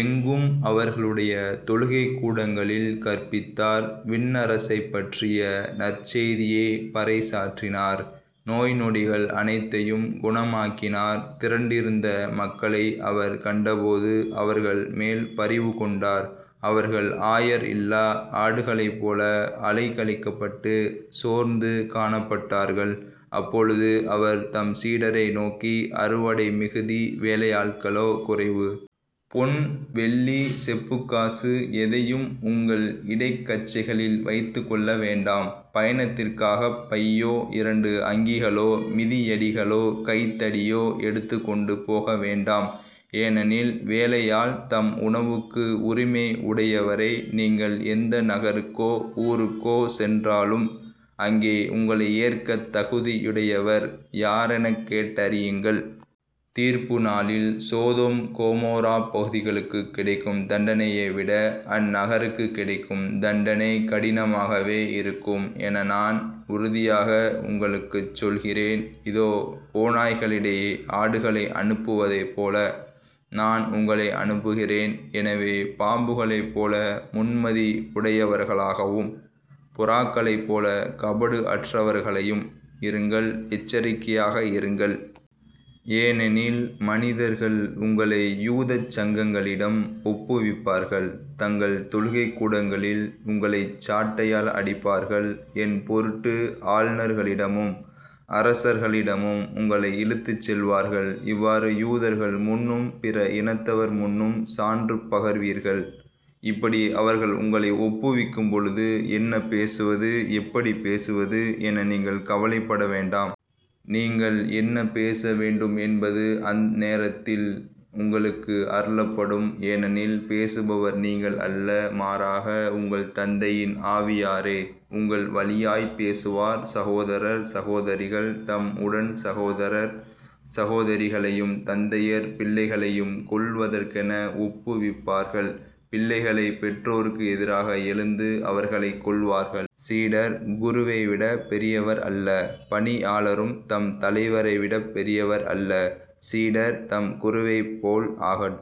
எங்கும் அவர்களுடைய தொழுகைக்கூடங்களில் கற்பித்தார் விண்ணரசைப்பற்றிய நற்செய்தியைப் பறைசாற்றினார் நோய் நொடிகள் அனைத்தையும் குணமாக்கினார். திரண்டிருந்த மக்களை அவர் கண்டபோது அவர்கள் மேல் பரிவுகொண்டார் அவர்கள் ஆயர் இல்லா ஆடுகளைப்போல அலைக்கழிக்கப்பட்டு சோர்ந்து காணப்பட்டார்கள். அப்பொழுது அவர் தம் சீடரை நோக்கி அறுவடை மிகுதி வேலையாள்களோ குறைவு. பொன் வெள்ளி செப்புக் காசு எதையும் உங்கள் இடைக் கச்சைகளில் வைத்துக் கொள்ள வேண்டாம். பயணத்திற்காகப் பையோ இரண்டு அங்கிகளோ மிதியடிகளோ கைத்தடியோ எடுத்துக்கொண்டு போக வேண்டாம். ஏனெனில் வேலையாள் தம் உணவுக்கு உரிமை உடையவரே. நீங்கள் எந்த நகருக்கோ ஊருக்கோ சென்றாலும் அங்கே உங்களை ஏற்கத் தகுதியுடையவர் யாரெனக் கேட்டறியுங்கள். தீர்ப்பு நாளில் சோதோம் கொமோராப்பகுதிகளுக்குக் கிடைக்கும் தண்டனையை விட அந்நகருக்குக் கிடைக்கும் தண்டனை கடினமாகவே இருக்கும் என நான் உறுதியாக உங்களுக்குச் சொல்கிறேன். இதோ. ஓநாய்களிடையே ஆடுகளை அனுப்புவதைப்போல நான் உங்களை அனுப்புகிறேன். எனவே பாம்புகளைப்போல முன்மதி உடையவர்களாகவும் புறாக்களைப்போலக் கபடு அற்றவர்களையும் இருங்கள். எச்சரிக்கையாக இருங்கள். ஏனெனில் மனிதர்கள் உங்களை யூதச் சங்கங்களிடம் ஒப்புவிப்பார்கள். தங்கள் தொழுகைக்கூடங்களில் உங்களைச் சாட்டையால் அடிப்பார்கள். என்பொருட்டு ஆளுநர்களிடமும் அரசர்களிடமும் உங்களை இழுத்துச்செல்வார்கள். இவ்வாறு யூதர்கள் முன்னும் பிற இனத்தவர் முன்னும் சான்று பகர்வீர்கள். இப்படி அவர்கள் உங்களை ஒப்புவிக்கும்பொழுது என்ன பேசுவது எப்படிப் பேசுவது என நீங்கள் கவலைப்பட வேண்டாம். நீங்கள் என்ன பேச வேண்டும் என்பது அந்நேரத்தில் உங்களுக்கு அருளப்படும். ஏனெனில் பேசுபவர் நீங்கள் அல்ல. மாறாக, உங்கள் தந்தையின் ஆவியாரே உங்கள் வழியாய்ப் பேசுவார். சகோதரர் சகோதரிகள் தம் உடன் சகோதரர் சகோதரிகளையும் தந்தையர் பிள்ளைகளையும் கொல்வதற்கென ஒப்புவிப்பார்கள். பிள்ளைகளை பெற்றோர்க்கு எதிராக எழுந்து அவர்களைக் கொல்வார்கள். சீடர் குருவை விடப் பெரியவர் அல்ல. பணியாளரும் தம் தலைவரைவிடப் பெரியவர் அல்ல. சீடர் தம் குருவைப் போல் ஆகட்டும்